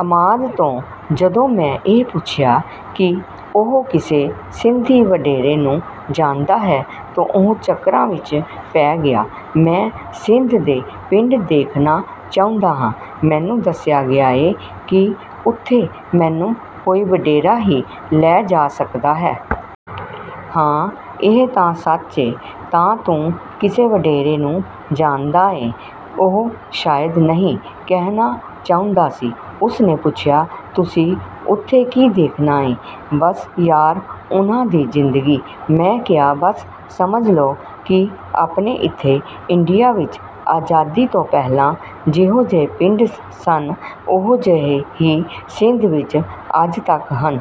ਅਮਾਦ ਤੋਂ ਜਦੋਂ ਮੈਂ ਇਹ ਪੁੱਛਿਆ ਕਿ ਉਹ ਕਿਸੇ ਸਿੰਧੀ ਵਡੇਰੇ ਨੂੰ ਜਾਣਦਾ ਹੈ ਤਾਂ ਉਹ ਚੱਕਰਾਂ ਵਿਚ ਪੈ ਗਿਆ। “ਮੈਂ ਸਿੰਧ ਦੇ ਪਿੰਡ ਦੇਖਣਾ ਚਾਹੁੰਦਾ ਆਂ। ਮੈਨੂੰ ਦੱਸਿਆ ਗਿਆ ਏ ਕਿ ਉੱਥੇ ਮੈਨੂੰ ਕੋਈ ਵਡੇਰਾ ਹੀ ਲੈ ਜਾ ਸਕਦਾ ਹੈ।” “ਹਾਂ, ਇਹ ਤਾਂ ਸੱਚ ਏ।” “ਤਾਂ ਤੂੰ ਕਿਸੇ ਵਡੇਰੇ ਨੂੰ ਜਾਣਦਾ ਏਂ?” ਉਹ ਸ਼ਾਇਦ ‘ਨਹੀਂ’ ਕਹਿਣਾ ਚਾਹੁੰਦਾ ਸੀ। ਉਸਨੇ ਪੁੱਛਿਆ, “ਤੁਸੀਂ ਉੱਥੇ ਕੀ ਦੇਖਣਾ ਏਂ?” “ਬਸ ਯਾਰ, ਉਹਨਾਂ ਦੀ ਜ਼ਿੰਦਗੀ।” ਮੈਂ ਕਿਹਾ। “ਬਸ ਸਮਝ ਲਓ ਕਿ ਆਪਣੇ ਇੱਥੇ, ਇੰਡੀਆ ਵਿਚ ਆਜ਼ਾਦੀ ਤੋਂ ਪਹਿਲਾਂ ਜਿਹੋ-ਜਿਹੇ ਪਿੰਡ ਸਨ, ਓਹੋ-ਜਿਹੇ ਹੀ ਸਿੰਧ ਵਿਚ ਅੱਜ ਤੱਕ ਹਨ।”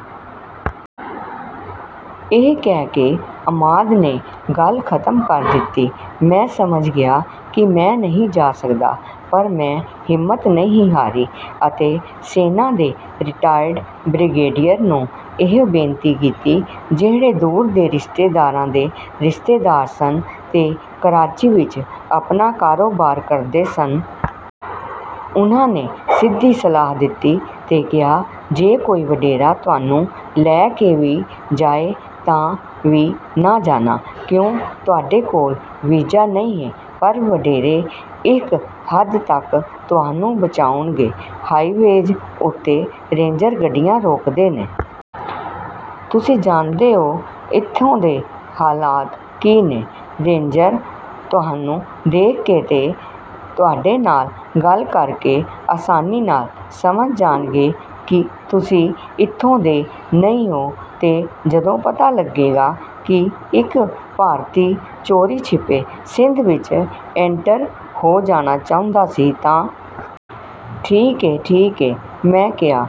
ਇਹ ਕਹਿ ਕੇ ਅਮਾਦ ਨੇ ਗੱਲ ਖਤਮ ਕਰ ਦਿੱਤੀ। ਮੈਂ ਸਮਝ ਗਿਆ ਕਿ ਮੈਂ ਨਹੀਂ ਜਾ ਸਕਦਾ, ਪਰ ਮੈਂ ਹਿੰਮਤ ਨਹੀਂ ਹਾਰੀ ਅਤੇ ਸੈਨਾ ਦੇ ਰਿਟਾਇਰਡ ਬ੍ਰਿਗੇਡੀਅਰ ਨੂੰ ਇਹੋ ਬੇਨਤੀ ਕੀਤੀ, ਜਿਹੜੇ ਦੂਰ ਦੇ ਰਿਸ਼ਤੇਦਾਰਾਂ ਦੇ ਰਿਸ਼ਤੇਦਾਰ ਸਨ ਤੇ ਕਰਾਚੀ ਵਿਚ ਆਪਣਾ ਕਾਰੋਬਾਰ ਕਰਦੇ ਸਨ। ਉਹਨਾਂ ਨੇ ਸਿੱਧੀ ਸਲਾਹ ਦਿੱਤੀ ਤੇ ਕਿਹਾ, “ਜੇ ਕੋਈ ਵਡੇਰਾ ਤੁਹਾਨੂੰ ਲੈ ਵੀ ਜਾਏ ਤਾਂ ਵੀ ਨਾ ਜਾਣਾ।” “ਕਿਉਂ?” “ਤੁਹਾਡੇ ਕੋਲ ਵੀਜ਼ਾ ਨਹੀਂ ਏ।” “ਪਰ ਵਡੇਰੇ...” “ਇਕ ਹੱਦ ਤਕ ਤੁਹਾਨੂੰ ਬਚਾਉਣਗੇ... ਹਾਈਵੇਜ਼ ਉੱਤੇ ਰੇਂਜਰ ਗੱਡੀਆਂ ਰੋਕਦੇ ਨੇ... ਤੁਸੀਂ ਜਾਣਦੇ ਓ ਇੱਥੋਂ ਦੇ ਹਾਲਾਤ ਕੀ ਨੇ... ਰੇਂਜਰ ਤੁਹਾਨੂੰ ਦੇਖ ਕੇ ਤੇ ਤੁਹਾਡੇ ਨਾਲ ਗੱਲ ਕਰਕੇ ਆਸਾਨੀ ਨਾਲ ਸਮਝ ਜਾਣਗੇ ਕਿ ਤੁਸੀਂ ਇੱਥੋਂ ਦੇ ਨਹੀਂ ਓ ਤੇ ਜਦੋਂ ਪਤਾ ਲੱਗੇਗਾ ਕਿ ਇਕ ‘ਭਾਰਤੀ’ ਚੋਰੀ-ਛਿੱਪੇ ਸਿੰਧ ਵਿਚ ਇੰਟਰ ਹੋ ਜਾਣਾ ਚਾਹੁੰਦਾ ਸੀ ਤਾਂ...।” “ਠੀਕ ਏ... ਠੀਕ ਏ...” ਮੈਂ ਕਿਹਾ।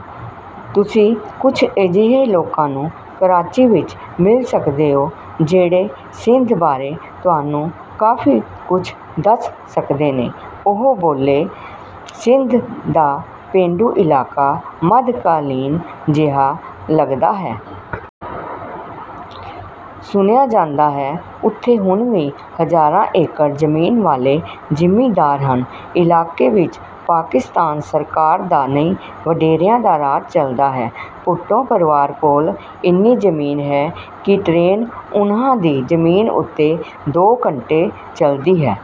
“ਤੁਸੀਂ ਕੁਝ ਅਜਿਹੇ ਲੋਕਾਂ ਨੂੰ ਕਰਾਚੀ ਵਿਚ ਮਿਲ ਸਕਦੇ ਓ, ਜਿਹੜੇ ਸਿੰਧ ਬਾਰੇ ਤੁਹਾਨੂੰ ਕਾਫ਼ੀ ਕੁਝ ਦੱਸ ਸਕਦੇ ਨੇ।” ਉਹ ਬੋਲੇ। ਸਿੰਧ ਦਾ ਪੇਂਡੂ ਇਲਾਕਾ ਮੱਧ-ਕਾਲੀਨ ਜਿਹਾ ਲੱਗਦਾ ਹੈ। ਸੁਣਿਆ ਜਾਂਦਾ ਹੈ, ਉੱਥੇ ਹੁਣ ਵੀ ਹਜ਼ਾਰਾਂ ਏਕੜ ਜ਼ਮੀਨ ਵਾਲੇ ਜ਼ਿਮੀਂਦਾਰ ਹਨ। ਇਲਾਕੇ ਵਿਚ ਪਾਕਿਸਤਾਨ ਸਰਕਾਰ ਦਾ ਨਹੀਂ, ਵਡੇਰਿਆਂ ਦਾ ਰਾਜ ਚੱਲਦਾ ਹੈ। ਭੁੱਟੋ ਪਰਿਵਾਰ ਕੋਲ ਇੰਨੀ ਜ਼ਮੀਨ ਹੈ ਕਿ ਟਰੇਨ ਉਹਨਾਂ ਦੀ ਜ਼ਮੀਨ ਉੱਤੇ ਦੋ ਘੰਟੇ ਚੱਲਦੀ ਹੈ।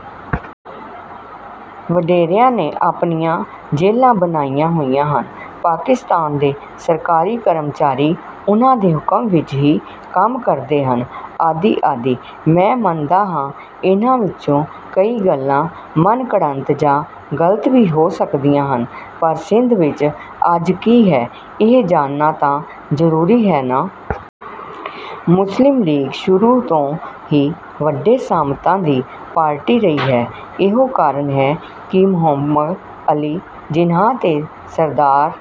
ਵਡੇਰਿਆਂ ਨੇ ਆਪਣੀਆਂ ਜੇਲ੍ਹਾਂ ਬਣਾਈਆਂ ਹੋਈਆਂ ਹਨ। ਪਾਕਿਸਤਾਨ ਦੇ ਸਰਕਾਰੀ ਕਰਮਚਾਰੀ ਉਹਨਾਂ ਦੇ ਹੁਕਮ ਵਿਚ ਹੀ ਕੰਮ ਕਰਦੇ ਹਨ ਆਦਿ-ਆਦਿ। ਮੈਂ ਮੰਨਦਾ ਹਾਂ, ਇਹਨਾਂ ਵਿਚੋਂ ਕਈ ਗੱਲਾਂ ਮਨਘੜੰਤ ਜਾਂ ਗ਼ਲਤ ਵੀ ਹੋ ਸਕਦੀਆਂ ਹਨ, ਪਰ ਸਿੰਧ ਵਿਚ ਅੱਜ ਕੀ ਹੈ, ਇਹ ਜਾਣਨਾ ਤਾਂ ਜ਼ਰੂਰੀ ਹੈ ਨਾ। ਮੁਸਲਿਮ ਲੀਗ ਸ਼ੁਰੂ ਤੋਂ ਹੀ ਵੱਡੇ ਸਾਮੰਤਾਂ ਦੀ ਪਾਰਟੀ ਰਹੀ ਹੈ। ਇਹੋ ਕਾਰਨ ਹੈ ਕਿ ਮੁਹੰਮਦ ਅਲੀ ਜਿਨਾਹ ਤੇ ਸਰਦਾਰ...